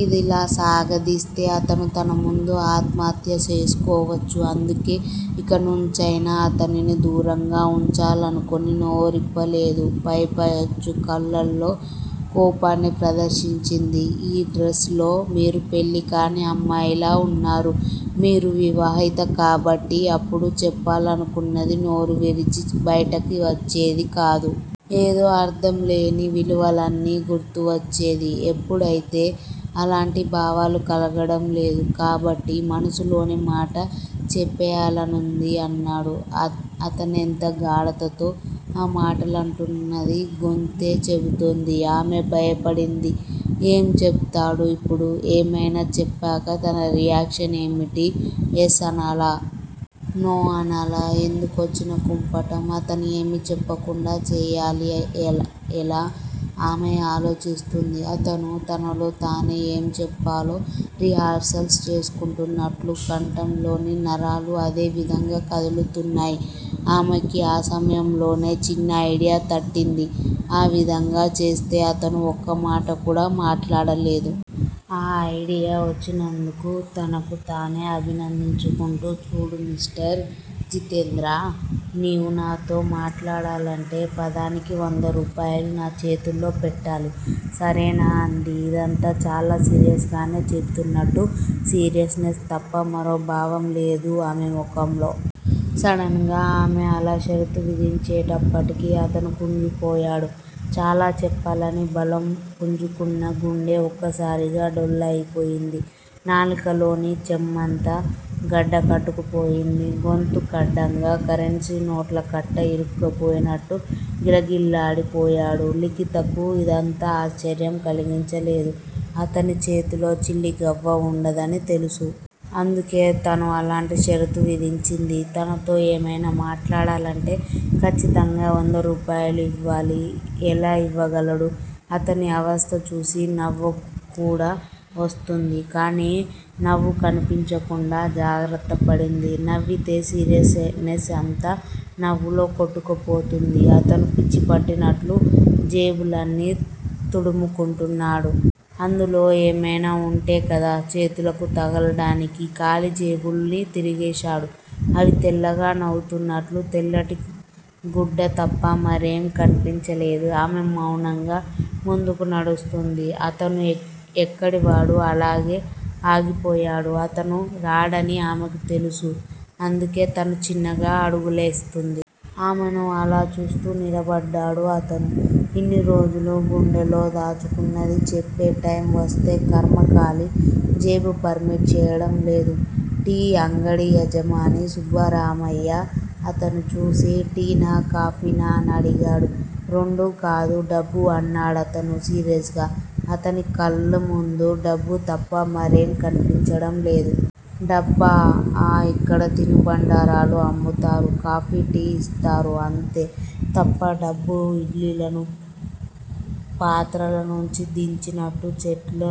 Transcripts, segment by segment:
ఇదిలా సాగదీస్తే అతను తన ముందు ఆత్మహత్య చేసుకోవచ్చు. అందుకే ఇకనుంచైనా అతనిని దూరంగా వుంచాలనుకుని నోరిప్ప లేదు. పైపెచ్చు కళ్ళల్లో కోపాన్ని ప్రదర్శించింది. ఈ డ్రస్ లో మీరు పెళ్ళి కాని అమ్మాయిలా వున్నారు. మీరు వివాహిత కాబట్టి అప్పుడు చెప్పాలనుకున్నది నోరు విడిచి బయటికి వచ్చేది కాదు. ఏదో అర్ధం లేని విలువలన్నీ గుర్తు వచ్చేది ఇప్పుడైతే అలాంటి భావాలు కలగడం లేదు. కాబట్టి మనసులోని మాట చెప్పేయాలనుంది అన్నాడు. అతనెంత గాఢతతో ఆ మాటలంటున్నది గొంతే చెబుతోంది. ఆమె భయపడింది. ఏం చెబుతాడు ఇప్పుడు? ఏమైనా చెప్పాక తన రియాక్షన్ ఏమిటి? ఎస్ అనాలా? నో అనాలా? ఎందుకొచ్చిన కుంపటం, అతను ఏమీ చెప్పకుండా చేయాలి ఎలా? ఆమె ఆలోచిస్తోంది. అతను తనలో తానే ఏం చెప్పాలో రిహార్సల్స్ చేసుకుంటున్నట్టు కంఠంలోని నరాలు అదే విధంగా కదులుతున్నాయి. ఆమెకి ఆ సమయంలోనే చిన్న ఐడియా తట్టింది. ఆ విధంగా చేస్తే అతను ఒక్క మాట కూడా మాట్లాడలేదు. ఆ ఐడియా వచ్చినందుకు తనకు తానే అభినందించుకుంటూ చూడు మిస్టర్ జితేంద్ర! నీవు నాతో మాట్లాడాలంటే పదానికి వంద రూపాయలు నా చేతుల్లో పెట్టాలి. సరేనా అంది. ఇదంతా చాలా సీరియస్ గానే చెబుతున్నట్టు సీరియస్ నెస్ తప్ప మరో భావం లేదు ఆమె ముఖంలో. సడన్ గా ఆమె అలా షరతు విధించేటప్పటికి అతను కుంగిపోయాడు. చాలా చెప్పాలని బలం పుంజుకున్న గుండె ఒక్కసారిగా డొల్ల అయిపోయింది. నాలుకలోని చెమ్మంతా గడ్డ కట్టుకుపోయింది. గొంతు కడ్డంగా కరెన్సీనోట్ల కట్ట ఇరుక్కుపోయినట్టు గిలగిల్లాడిపోయాడు. లిఖితకు ఇదంతా ఆశ్చర్యం కలిగించలేదు. అతని చేతిలో చిల్లిగవ్వ వుండదని తెలుసు. అందుకే తాను అలాంటి షరతు విధించింది. తనతో ఏమైనా మాట్లాడాలంటే ఖచ్చితంగా వంద రూపాయలు ఇవ్వాలి. ఎలా ఇవ్వగలడు-? అతని అవస్థ చూసి నవ్వుకూడా వస్తోంది. కానీ నవ్వు కనిపించకుండా జాగ్రత్త పడింది. నవ్వితే సీరియస్ నెస్ అంతా నవ్వులో కొట్టుకుపోతుంది. అతను పిచ్చిపట్టినట్టు జేబులన్నీ తడుముకుంటున్నాడు. అందులో ఏమైనా వుంటే కదా చేతులకు తగలడానికి ఖాళీ జేబుల్ని తిరగేశాడు. అవి తెల్లగా నవ్వుతున్నట్లు తెల్లటి గుడ్డ తప్ప మరేం కనిపించలేదు. ఆమె మౌనంగా ముందుకు నడుస్తోంది. అతను ఎక్కడివాడు అక్కడే ఆగిపోయాడు. అతను రాడని ఆమెకు తెలుసు అందుకే తను చిన్నగా అడుగులేస్తోంది. ఆమెను అలా చూస్తూ నిలబడ్డాడు అతను. ఇన్నిరోజులు గుండెలో దాచుకున్నది చెప్పే టైమ్ వస్తే ఖర్మ కాలి జేబు పర్మిట్ చేయటం లేదు. టీ అంగడి యజమాని సుబ్బరామయ్య అతని చూసి టీనా? కాఫీనా అని అడిగాడు. రెండూ కాదు- డబ్బు అన్నాడతను సీరియస్ గా అతని కళ్ళు ముందు డబ్బు తప్ప మరేం కనిపించడం లేదు. డబ్బా! ఆ ఇక్కడ తినుబండారాలు అమ్ముతారు. కాఫీ, టీ ఇస్తారు. అంతే తప్ప డబ్బును ఇడ్లీలను పాత్రల నుంచి దించినట్టు చెట్ల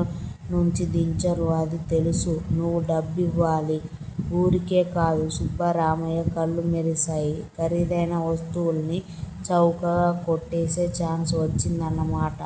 నుంచి దించరు అది తెలుసు. నువ్వు డబ్బివ్వాలి- వూరికే కాదు సుబ్బరామయ్య కళ్ళు మెరిసాయి. ఖరీదైన వస్తువుల్ని చౌకగా కొట్టేసే ఛాన్స్ వచ్చిందన్న మాట.